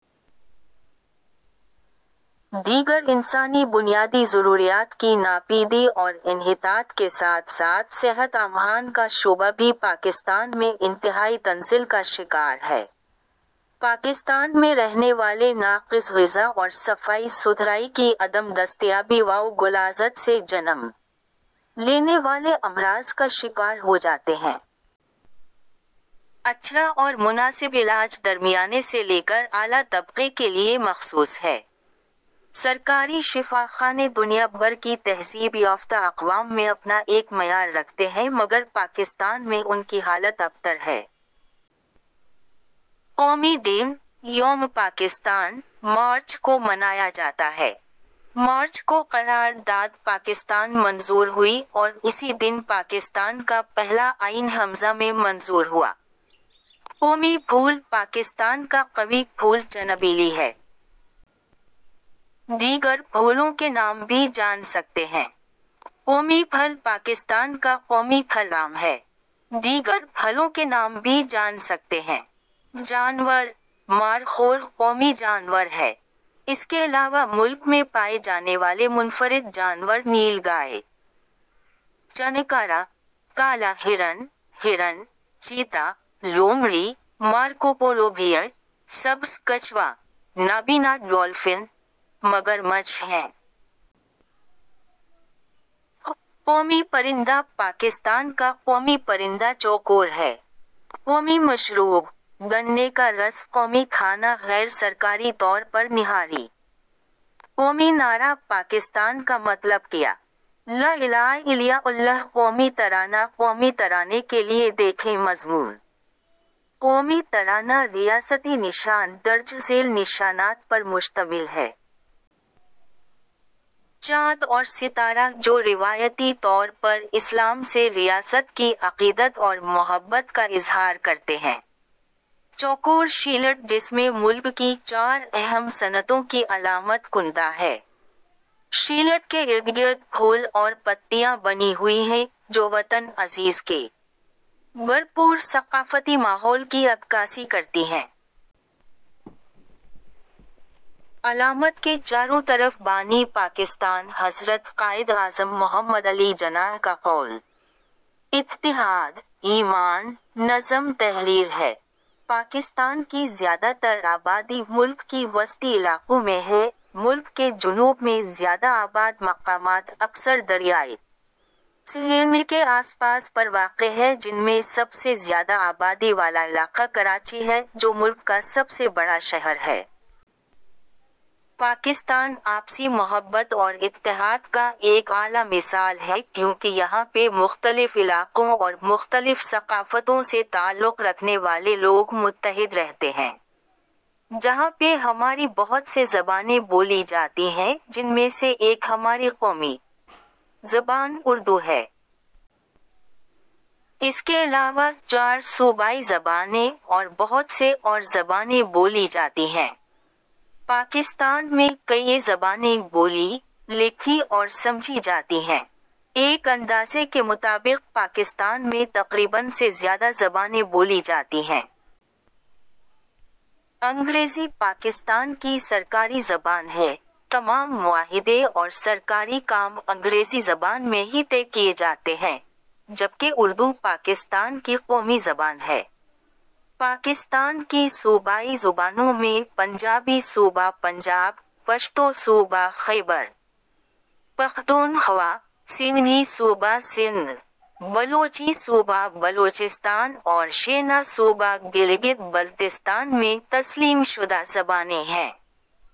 دیگر انسانی بنیادی ضروریات کی ناپیدی اور انحطاط کے ساتھ ساتھ صحت عامہ کا شعبہ بھی پاکستان میں انتہائی تنزل کا شکار ہے۔ پاکستان میں رہنے والے ناقص غذا اور صفائی ستھرائی کی عدم دستیابی و غلاظت سے جنم لینے والے امراض کا شکار ہو جاتے ہیں۔ اچھا اور مناسب علاج درمیانے سے لے کر اعلیٰ طبقے کے ليے مخصوص ہے۔ سرکاری شفاخانے دنیا بھر کی تہذیب یافتہ اقوام میں اپنا ایک معیار رکھتے ہیں مگر پاکستان میں ان کی حالت ابتر ہے۔ قومی دن – یوم پاکستان ، مارچ کو منایا جاتا ہے۔ مارچ کو قرار داد پاکستان منظور ہوئی اور اسی دن پاکستان کا پہلا آئین ء میں منظور ہوا۔ قومی پھول پاکستان کا قوی پھول چنبیلی ہے۔ دیگر پھولوں کے نام بھی جان سکتے ہیں۔ قومی پھل پاکستان کا قومی پھل آم ہے۔ دیگر پھلوں کے نام بھی جان سکتے ہیں۔ جانور – مارخور قومی جانور ہے۔ اس کے علاوہ ملک میں پائے جانے والے منفرد جانور نیل گائے ، چنکارہ ، کالا ہرن ، ہرن ، چیتا ، لومڑی ، مارکوپولو بھیڑ ، سبز کچھوا ، نابینا ڈولفن ، مگرمچھ ہیں۔ قومی پرندہ پاکستان کا قومی پرندہ چکور ہے۔ قومی مشروب – گنے کا رس قومی کھانا غیر سرکاری طور پر نہاری ۔ قومی نعرہ پاکستان کا مطلب کیا؟ لَآ اِلٰہَ اِلَّا اللہُ قومی ترانہ قومی ترانے کے لیے دیکھیں مضمون قومی ترانہ ریاستی نشان درج ذیل نشانات پر مشتمل ہے۔ چاند اور ستارہ جو روایتی طور پر اسلام سے ریاست کی عقیدت اور محبت کا اظہار کرتے ہیں۔ چوکور شیلڈ جس میں ملک کی چار اہم صنعتوں کی علامت کندہ ہے۔ شیلڈ کے اردگرد پھول اور پتیاں بنی ہوئی ہیں جو وطن عزیز کے بھر پور ثقافتی ماحول کی عکاسی کرتی ہیں۔ علامت کے چاروں طرف بانی پاکستان حضرت قائد اعظم محمد علی جناح کا قول۔۔۔ اتحاد، ایمان، نظم تحریر ہے۔ پاکستان کی زیادہ تر آبادی ملک کی وسطی علاقوں میں ہے، ملک کے جنوب میں زیادہ آباد مقامات اکثر دریائے سندھ کے آس پاس پر واقع ہے جن میں سب سے زیادہ آبادی والا علاقہ کراچی ہے جو ملک کا سب سے بڑا شہر ہے۔ پاکستان آپسی محبت اور اتحاد کا ایک اعلیٰ مثال ہے کیونکہ یہاں پہ مختلف علاقوں اور مختلف ثقافتوں سے تعلق رکھنے والے لوگ متحد رہتے ہیں۔ جہاں پہ ہماری بہت سے زبانیں بولی جاتی ہیں جن میں سے ایک ہماری قومی زبان اردو ہے۔ اس کے علاوہ چار صوبائی زبانیں اور بہت سے اور زبانیں بولی جاتی ہیں۔ پاکستان میں کئیی زبانیں بولی، لکھی اور سمجھی جاتی ہیں۔ ایک اندازے کے مطابق پاکستان میں تقریباً سے زیادہ زبانیں بولی جاتی ہیں۔ انگریزی پاکستان کی سرکاری زبان ہے، تمام معاہدے اور سرکاری کام انگریزی زبان میں ہی طے کیے جاتے ہیں، جبکہ اردو پاکستان کی قومی زبان ہے۔ پاکستان کی صوبائی زبانوں میں پنجابی صوبہ پنجاب ، پشتو صوبہ خیبر پختونخوا ، سندھی صوبہ سندھ ، بلوچی صوبہ بلوچستان اور شینا صوبہ گلگت بلتستان میں تسلیم شدہ زبانیں ہیں۔